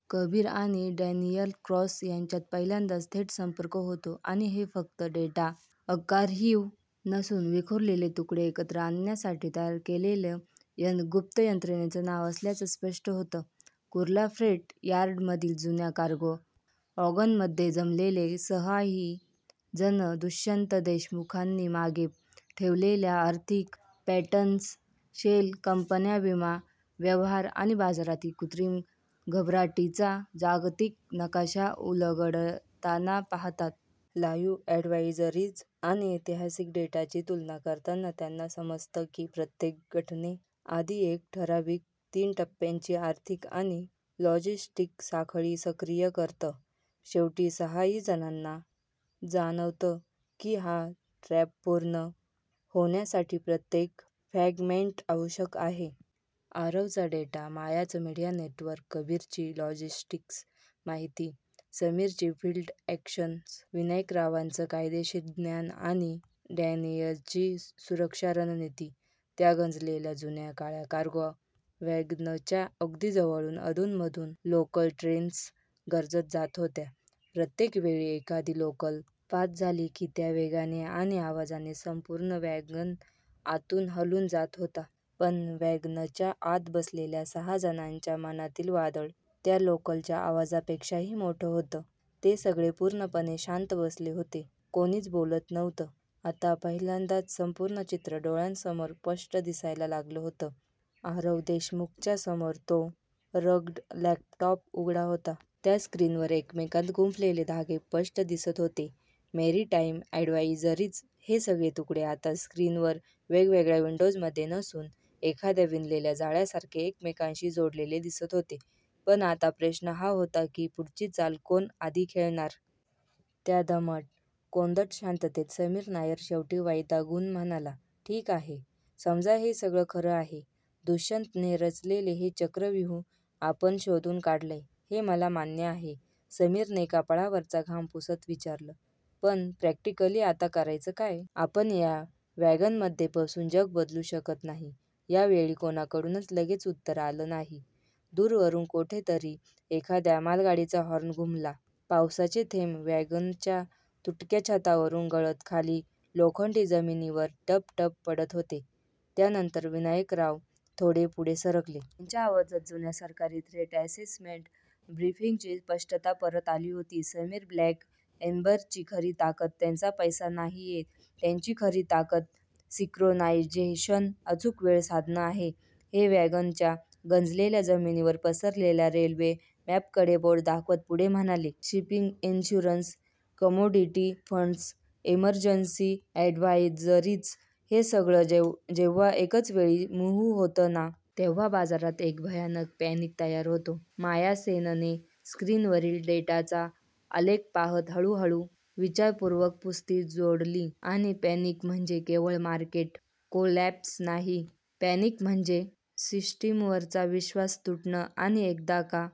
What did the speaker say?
कबीर आणि Daniel Cross यांच्यात पहिल्यांदाच थेट संपर्क होतो आणि हे फक्त डेटा आर्काइव्ह नसून विखुरलेले तुकडे एकत्र आणण्यासाठी तयार केलेलं गुप्त यंत्रणेचं नाव असल्याचं स्पष्ट होतं. कुर्ला फ्रेट यार्डमधील जुन्या कार्गो वॅगनमध्ये जमलेले सहाही जण दुष्यंत देशमुखांनी मागे ठेवलेल्या आर्थिक पॅटर्न्स, शेल कंपन्या, विमा व्यवहार आणि बाजारातील कृत्रिम घबराटीचा जागतिक नकाशा उलगडताना पाहतात. लाईव्ह अॅडव्हायझरीज आणि ऐतिहासिक डेटाची तुलना करताना त्यांना समजतं की प्रत्येक घटने आधी एक ठरावीक तीन-टप्प्यांची आर्थिक आणि लॉजिस्टिक साखळी सक्रिय करतं. शेवटी सहाही जणांना जाणवतं की हा ट्रॅप पूर्ण होण्यासाठी प्रत्येक फ्रॅगमेंट आवश्यक आहे. आरवचा डेटा, मायाचं मीडिया नेटवर्क, कबीरची लॉजिस्टिक्स माहिती, समीरची फिल्ड अॅक्शन, विनायकरावांचं कायदेशीर ज्ञान आणि डॅनियलची सुरक्षा रणनीती. त्या गंजलेल्या जुन्या निळ्या कार्गो वॅगनच्या अगदी जवळून अधूनमधून लोकल ट्रेन्स गर्जत जात होत्या. प्रत्येक वेळी एखादी लोकल पास झाली की त्या वेगाने आणि आवाजाने संपूर्ण वॅगन आतून हलून जात होता. पण वॅगनच्या आत बसलेल्या सहा जणांच्या मनातील वादळ त्या लोकलच्या आवाजापेक्षाही मोठं होतं. ते सगळे पूर्णपणे शांत बसले होते. कोणीच बोलत नव्हतं. आता पहिल्यांदाच संपूर्ण चित्र डोळ्यांसमोर स्पष्ट दिसायला लागलं होतं. आरव देशमुखच्या समोर तो रग्ड लॅपटॉप उघडा होता. त्या स्क्रीनवर एकमेकांत गुंफलेले धागे स्पष्ट दिसत होते: मॅरिटाईम अॅडव्हायझरीज हे सगळे तुकडे आता स्क्रीनवर वेगवेगळ्या विंडोजमध्ये नसून, एखाद्या विणलेल्या जाळ्यासारखे एकमेकांशी जोडलेले दिसत होते. पण आता प्रश्न हा होता की पुढची चाल कोण आधी खेळणार? त्या दमट, कोंदट शांततेत समीर नायर शेवटी वैतागून म्हणाला, "ठीक आहे. समजा हे सगळं खरं आहे. दुष्यंतने रचलेले हे चक्रव्यूह आपण शोधून काढलं, हे मला मान्य आहे." समीरने कपाळावरचा घाम पुसत विचारलं," पण प्रॅक्टिकली आता करायचं काय? आपण या वॅगनमध्ये बसून जग बदलू शकत नाही." यावेळी कोणाकडूनच लगेच उत्तर आलं नाही. दूरवरून कुठेतरी एखाद्या मालगाडीचा हॉर्न घुमला. पावसाचे थेंब वॅगनच्या तुटक्या छतावरून गळत खाली लोखंडी जमिनीवर 'टप-टप' पडत होते. त्यानंतर विनायकराव थोडे पुढे झुकले. त्यांच्या आवाजात जुन्या सरकारी 'थ्रेट अॅसेसमेंट ब्रीफिंग'ची स्पष्टता परत आली होती. "समीर, ब्लॅक एम्बरची खरी ताकद त्यांचा पैसा नाहीये. त्यांची खरी ताकद 'सिंक्रोनायझेशन' अचूक वेळ साधणं आहे." ते वॅगनच्या गंजलेल्या जमिनीवर पसरलेल्या रेल्वे मॅपकडे बोट दाखवत पुढे म्हणाले, "shipping insurers, commodity funds, emergency advisories हे सगळं जेव्हा एकाच वेळी, मूव्ह होतं ना. तेव्हा बाजारात एक भयानक पॅनिक तयार होतो." माया सेनने स्क्रीनवरील डेटाचा आलेख पाहत हळूहळू, विचारपूर्वक पुस्ती जोडली, आणि पॅनिक म्हणजे केवळ मार्केट कोलॅप्स नाही, पॅनिक म्हणजे सिस्टीमवरचा 'विश्वास तुटणं' आणि एकदा का